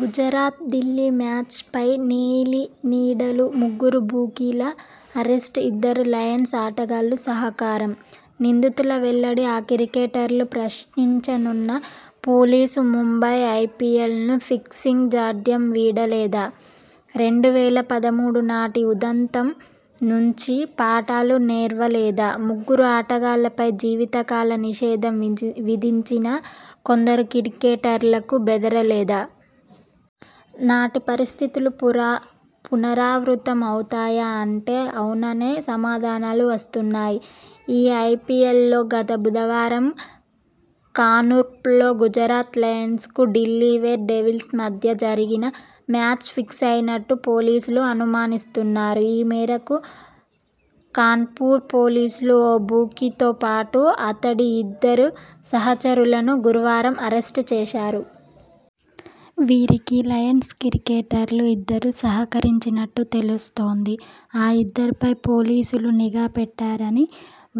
Gujarat Delhi match పై నీలినీడలుముగ్గురు బుకీల అరెస్ట్ఇద్దరు లయన్స్ ఆటగాళ్ల సహకారం! నిందితుల వెల్లడి ఆ క్రికెటర్లను ప్రశ్నించనున్న పోలీసులుముంబై ఐపీఎల్ ను ఫిక్సింగ్ జాఢ్యం వీడలేదా..రెండు వేల పదమూడునాటి ఉదంతం నుంచి పాఠాలు నేర్వలేదా.. ముగ్గురు ఆటగాళ్లపై జీవితకాల నిషేధం విధించినా కొందరు క్రికెటర్లకు బెదరలేదా.. నాటి పరిస్థితులు పునరావృతం అవుతాయా.. అంటే అవుననే సమాధానాలు వస్తున్నాయి. ఈ ఐపీఎల్లో గత బుధవారం కాన్పూర్లో గుజరాత్ లయన్స్ కు ఢిల్లీ డేర్ డెవిల్స్ మధ్య జరిగిన మ్యాచ్ ఫిక్సయినట్టు పోలీసులు అనుమానిస్తున్నారు. ఈమేరకు కాన్పూర్ పోలీసులు ఓ బుకీతోపాటు అతడి ఇద్దరు సహచరులను గురువారం అరెస్ట్ చేశారు. వీరికి లయన్స్ క్రికెటర్లు ఇద్దరు సహకరించినట్టు తెలుస్తోంది. ఆ ఇద్దరిపై పోలీసులు నిఘా పెట్టారని,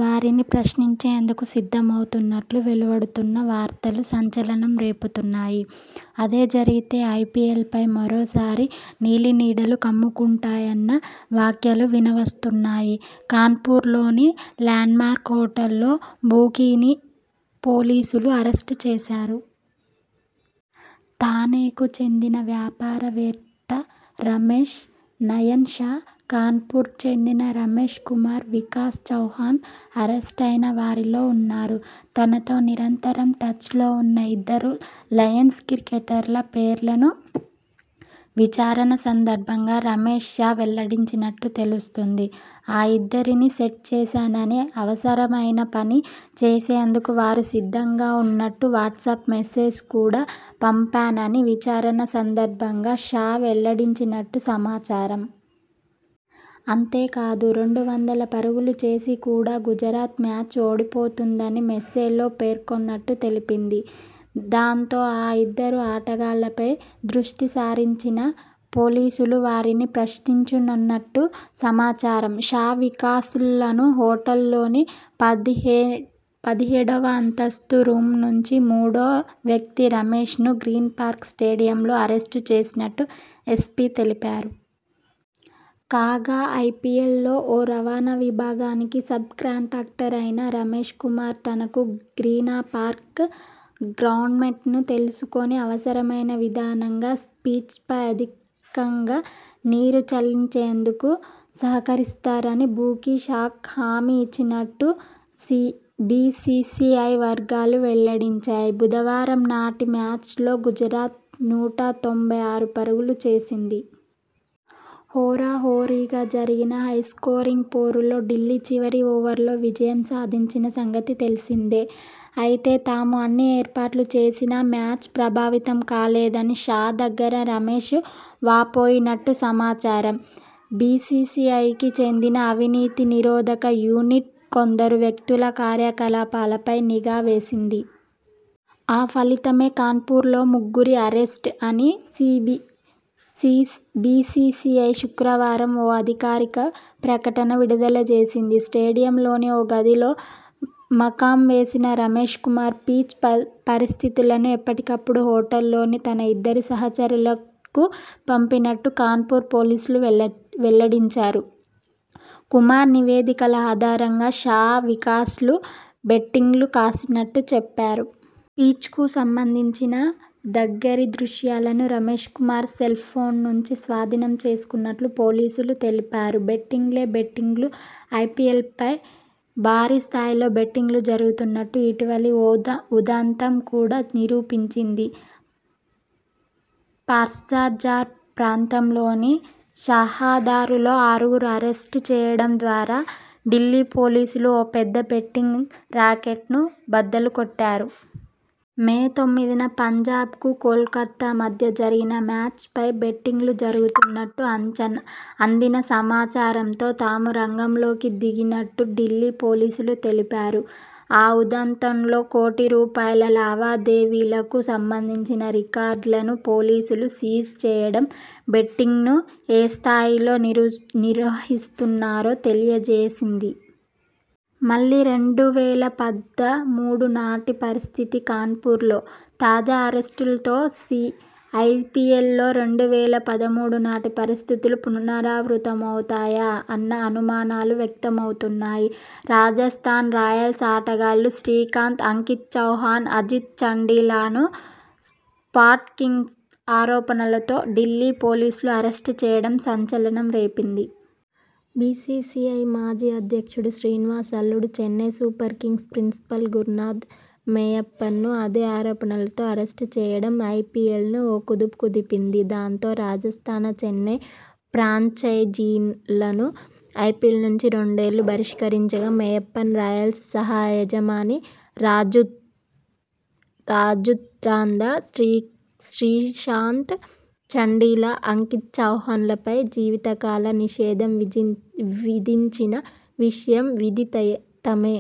వారిని ప్రశ్నించేందుకు సిద్ధమవుతున్నట్టు వెలువడుతున్న వార్తలు సంచలనం రేపుతున్నాయి. అదే జరిగితే ఐపీఎల్ పై మరోసారి నీలినీడలు కమ్ముకుంటాయన్న వ్యాఖ్యలు వినవస్తున్నాయి. కాన్పూర్లోని ల్యాండ్మార్క్ హోటల్లో బుకీని పోలీసులు అరెస్ట్ చేశారు. థానెకు చెందిన వ్యాపారవేత్త రమేష్ నయన్ షా, కాన్పూర్కు చెందిన రమేష్ కుమార్, వికాస్ చౌహాన్ అరెస్టయిన వారిలో ఉన్నారు. తనతో నిరంతరం టచ్ లో ఉన్న ఇద్దరు లయన్స్ క్రికెటర్ల పేర్లను విచారణ సందర్భంగా రమేష్ షా వెల్లడించినట్టు తెలుస్తోంది. ఆ ఇద్దరిని 'సెట్' చేశానని, అవసరమైన 'పని' చేసేందుకు వారు సిద్ధంగా ఉన్నట్టు వాట్సప్ మెసెజ్ కూడా పంపానని విచారణ సందర్భంగా షా వెల్లడించినట్టు సమాచారం. అంతేకాదు రెండు వందల పరుగులు చేసి కూడా గుజరాత్ మ్యాచ్ ఓడిపోతుందని మెసెజ్లో పేర్కొన్నట్టు తెలిపింది. దాంతో ఆ ఇద్దరు ఆటగాళ్లపై దృష్టి సారించిన పోలీ సులు వారిని ప్రశ్నించనున్నట్టు సమాచారం. షా, వికాస్లను హోటల్లోని పదిహేడువ అంతస్తు రూమ్నుంచి, మూడో వ్యక్తి రమేష్ ను గ్రీన్ పార్క్ స్టేడియంలో అరెస్ట్ చేసినట్టు ఎస్పీ తెలిపారు. కాగా ఐపీఎల్లో ఓ రవాణా విభాగానికి సబ్ కాంట్రాక్టర్ అయిన రమేష్ కుమార్.. తనకు గ్రీనపార్క్ గ్రౌండ్స్మెన్ తెలుసునని, అవసరమైన విధంగా పిచ్ పై అధికంగా నీరు చల్లేందుకు సహకరిస్తారని బుకీ షాకు హామీ ఇచ్చినట్టు బీసీసీఐ వర్గాలు వెల్లడించాయి. బుధవారంనాటి మ్యాచ్ లో గుజరాత్ నూట తొంభై ఆరు పరుగులు చేసింది. హోరాహోరీగా జరిగిన హై స్కోరింగ్ పోరులో ఢిల్లీ చివరి ఓవర్లో విజయం సాధించిన సంగతి తెలిసిందే. అయితే తాము అన్ని 'ఏర్పాట్లు' చేసినా మ్యాచ్ ప్రభావితం కాలేదని షా దగ్గర రమేష్ వాపోయినట్టు సమాచారం 'బీసీసీఐకి చెందిన అవినీతి నిరోధక యూనిట్ కొందరు వ్యక్తుల కార్యకలాపాలపై నిఘా వేసింది. ఆ ఫలితమే కాన్పూర్లో ముగ్గురి అరెస్ట్' అని బీసీసీఐ శుక్రవారం ఓ అధికారిక ప్రకటన విడుదలజేసింది. స్టేడియంలోని ఓ గదిలో మకాం వేసిన రమేష్ కుమార్.. పిచ్ పరిస్థితులను ఎప్పటికప్పుడు హోటల్లోని తన ఇద్దరు సహచరులకు పంపినట్టు కాన్పూర్ పోలీసులు వెల్లడించారు. కుమార్ నివేదికల ఆధారంగా షా, వికాస్ లు బెట్టింగ్లు కాసినట్టు చెప్పారు. పిచ్కు సంబంధించిన దగ్గరి దృశ్యాలను రమేష్ కుమార్ సెల్ఫోన్ నుంచి స్వాధీనం చేసుకున్నట్టు పోలీసులు తెలిపారు. బెట్టింగ్లే.. బెట్టింగ్లు ఐపీఎల్పై భారీ స్థాయిలో బెట్టింగ్లు జరుగుతున్నట్టు ఇటీవలి ఓ ఉదంతం కూడా నిరూపించింది. ఫార్స్బజార్ ప్రాంతంలోని షహదారాలో ఆరుగురిని అరెస్ట్ చేయడం ద్వారా ఢిల్లీ పోలీసులు ఓ పెద్ద బెట్టింగ్ రాకెట్ను బద్దలుగొట్టారు. మేతొమ్మిదిన పంజాబ్ కు కోల్కతా మధ్య జరిగిన మ్యాచ్ పై బెట్టింగ్లు జరుగుతున్నట్టు అందిన సమాచారంతో తాము రంగంలోకి దిగినట్టు ఢిల్లీ పోలీసులు తెలిపారు. ఆ ఉదంతంలో.. కోటి రూపాయల లావాదేవీలకు సంబంధించిన రికార్డులను పోలీసులు సీజ్ చేయడం బెట్టింగ్ను ఏ స్థాయిలో నిర్వహిస్తున్నారో తెలియజేసింది. మళ్లీ రెండు వేల పదమూడునాటి పరిస్థితి? కాన్పూర్లో తాజా అరెస్ట్లతో ఐపీఎల్లో రెండు వేల పదమూడునాటి పరిస్థితులు పునరావృతమవుతాయా అన్న అనుమానాలు వ్యక్తమవుతున్నాయి. రాజస్థాన్ రాయల్స్ ఆటగాళ్లు శ్రీశాంత్, అంకిత్ చౌహాన్, అజిత్ చండీలాలను స్పాట్ఫిక్సింగ్ ఆరోపణలతో ఢిల్లీ పోలీసులు అరెస్ట్ చేయడం సంచలనం రేపింది. బీసీసీఐ మాజీ అధ్యక్షుడు శ్రీనివాస్ అల్లుడు, Chennai Super Kings principal Gurunath మేయప్పన్ను అదే ఆరోపణలతో అరెస్ట్ చేయడం ఐపీఎల్ను ఓ కుదుపు కుదిపింది. దాంతో రాజస్థాన, చెన్నై ఫ్రాంచైజీలను ఐపీఎల్నుంచి రెండేళ్లు బహిష్కరించగా.. మేయప్పన్, 'రాయల్స్' సహ యజమాని రాజు రాజ్కుంద్రా, శ్రీశాంత్, చండీలా, అంకిత్ చౌహాన్ లపై జీవితకాల నిషేధం విధించిన విషయం విదితమే.